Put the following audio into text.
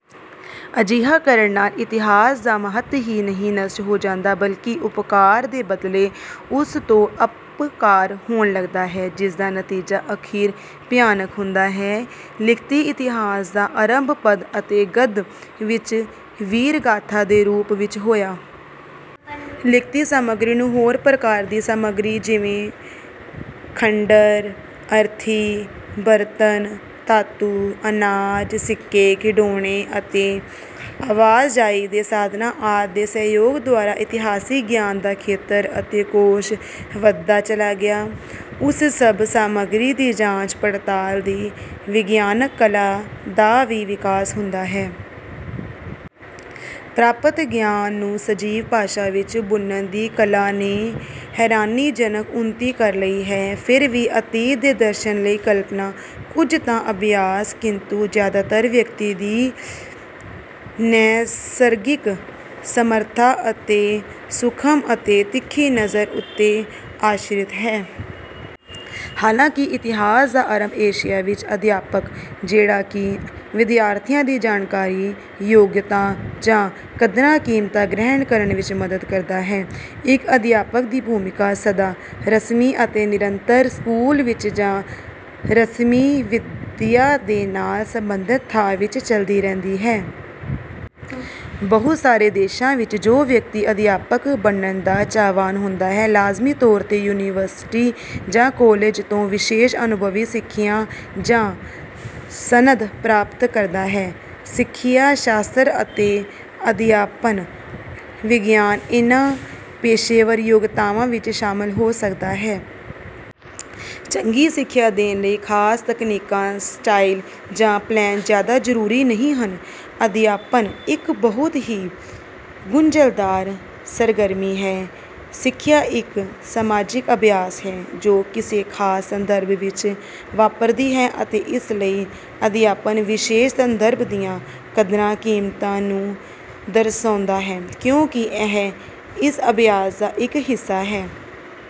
ਅਜਿਹਾ ਕਰਨ ਨਾਲ ਇਤਿਹਾਸ ਦਾ ਮਹੱਤ ਹੀ ਨਹੀਂ ਨਸ਼ਟ ਹੋ ਜਾਂਦਾ, ਬਲਕਿ ਉਪਕਾਰ ਦੇ ਬਦਲੇ ਉਸ ਤੋਂ ਅਪਕਾਰ ਹੋਣ ਲੱਗਦਾ ਹੈ ਜਿਸਦਾ ਨਤੀਜਾ ਅਖੀਰ ਭਿਆਨਕ ਹੁੰਦਾ ਹੈ। ਲਿਖਤੀ ਇਤਿਹਾਸ ਦਾ ਆਰੰਭ ਪਦ ਅਤੇ ਗਦ ਵਿੱਚ ਵੀਰਗਾਥਾ ਦੇ ਰੂਪ ਵਿੱਚ ਹੋਇਆ। ਲਿਖਤੀ ਸਾਮਗਰੀ ਨੂੰ ਹੋਰ ਪ੍ਰਕਾਰ ਦੀ ਸਾਮਗਰੀ ਜਿਵੇਂ ਖੰਡਰ, ਅਰਥੀ, ਬਰਤਨ, ਧਾਤੂ, ਅਨਾਜ, ਸਿੱਕੇ, ਖਿਡੌਣੇ ਅਤੇ ਆਵਾਜਾਈ ਦੇ ਸਾਧਨਾਂ ਆਦਿ ਦੇ ਸਹਿਯੋਗ ਦੁਆਰਾ ਇਤਿਹਾਸਿਕ ਗਿਆਨ ਦਾ ਖੇਤਰ ਅਤੇ ਕੋਸ਼ ਵਧਦਾ ਚਲਾ ਗਿਆ। ਉਸ ਸਭ ਸਾਮਗਰੀ ਦੀ ਜਾਂਚ ਪੜਤਾਲ ਦੀ ਵਿਗਿਆਨਕ ਕਲਾ ਦਾ ਵੀ ਵਿਕਾਸ ਹੁੰਦਾ ਹੈ। ਪ੍ਰਾਪਤ ਗਿਆਨ ਨੂੰ ਸਜੀਵ ਭਾਸ਼ਾ ਵਿੱਚ ਬੁਣਨ ਦੀ ਕਲਾ ਨੇ ਹੈਰਾਨੀਜਨਕ ਉੱਨਤੀ ਕਰ ਲਈ ਹੈ, ਫਿਰ ਵੀ ਅਤੀਤ ਦੇ ਦਰਸ਼ਨ ਲਈ ਕਲਪਨਾ ਕੁੱਝ ਤਾਂ ਅਭਿਆਸ, ਕਿੰਤੂ ਜਿਆਦਾਤਰ ਵਿਅਕਤੀ ਦੀ ਨੈਸਰਗਿਕ ਸਮਰੱਥਾ ਅਤੇ ਸੂਖਮ ਅਤੇ ਤਿੱਖੀ ਨਜ਼ਰ ਉੱਤੇ ਆਸ਼ਰਿਤ ਹੈ। ਹਾਲਾਂਕਿ ਇਤਿਹਾਸ ਦਾ ਆਰੰਭ ਏਸ਼ੀਆ ਵਿੱਚ। ਅਧਿਆਪਕ ਜਿਹੜਾ ਕਿ ਵਿਦਿਆਰਥੀਆਂ ਦੀ ਜਾਣਕਾਰੀ, ਯੋਗਤਾ ਜਾਂ ਕਦਰਾਂ-ਕੀਮਤਾਂ ਗ੍ਰਹਿਣ ਕਰਨ ਵਿੱਚ ਮਦਦ ਕਰਦਾ ਹੈ। ਇੱਕ ਅਧਿਆਪਕ ਦੀ ਭੂਮਿਕਾ ਸਦਾ ਰਸਮੀ ਅਤੇ ਨਿਰੰਤਰ, ਸਕੂਲ ਵਿੱਚ ਜਾਂ ਰਸਮੀ ਵਿੱਦਿਆ ਦੇ ਨਾਲ ਸੰਬੰਧਤ ਥਾਂ ਵਿੱਚ ਚਲਦੀ ਰਹਿੰਦੀ ਹੈ। ਬਹੁਤ ਸਾਰੇ ਦੇਸ਼ਾਂ ਵਿੱਚ ਜੋ ਵਿਅਕਤੀ ਅਧਿਆਪਕ ਬਣਨ ਦਾ ਚਾਹਵਾਨ ਹੁੰਦਾ ਹੈ, ਲਾਜ਼ਮੀ ਤੌਰ ਤੇ ਯੂਨੀਵਰਸਿਟੀ ਜਾਂ ਕਾਲਜ ਤੋਂ ਵਿਸ਼ੇਸ਼ ਅਨੁਭਵੀ ਸਿੱਖਿਆ ਜਾਂ ਸਨਦ ਪ੍ਰਾਪਤ ਕਰਦਾ ਹੈ। ਸਿੱਖਿਆ ਸ਼ਾਸਤਰ ਅਤੇ ਅਧਿਆਪਨ ਵਿਗਿਆਨ ਇਹਨਾ ਪੇਸ਼ੇਵਰ ਯੋਗਤਾਵਾਂ ਵਿੱਚ ਸ਼ਾਮਿਲ ਹੋ ਸਕਦਾ ਹੈ। ਚੰਗੀ ਸਿੱਖਿਆ ਦੇਣ ਲਈ ਖ਼ਾਸ ਤਕਨੀਕਾਂ, ਸਟਾਈਲ ਜਾਂ ਪਲੈਨ ਜ਼ਿਆਦਾ ਜ਼ਰੂਰੀ ਨਹੀਂ ਹਨ। ਅਧਿਆਪਨ ਇੱਕ ਬਹੁਤ ਹੀ ਗੁੰਝਲਦਾਰ ਸਰਗਰਮੀ ਹੈ। ਸਿੱਖਿਆ ਇਕ ਸਮਾਜਿਕ ਅਭਿਆਸ ਹੈ, ਜੋ ਕਿਸੇ ਖਾਸ ਸੰਦਰਭ ਵਿੱਚ ਵਾਪਰਦੀ ਹੈ ਅਤੇ ਇਸ ਲਈ ਅਧਿਆਪਨ ਵਿਸ਼ੇਸ਼ ਸੰਦਰਭ ਦੀਆਂ ਕਦਰਾਂ-ਕੀਮਤਾਂ ਨੂੰ ਦਰਸਾਉਂਦਾ ਹੈ ਕਿਉਂਕਿ ਇਹ ਇਸ ਅਭਿਆਸ ਦਾ ਇੱਕ ਹਿੱਸਾ ਹੈ।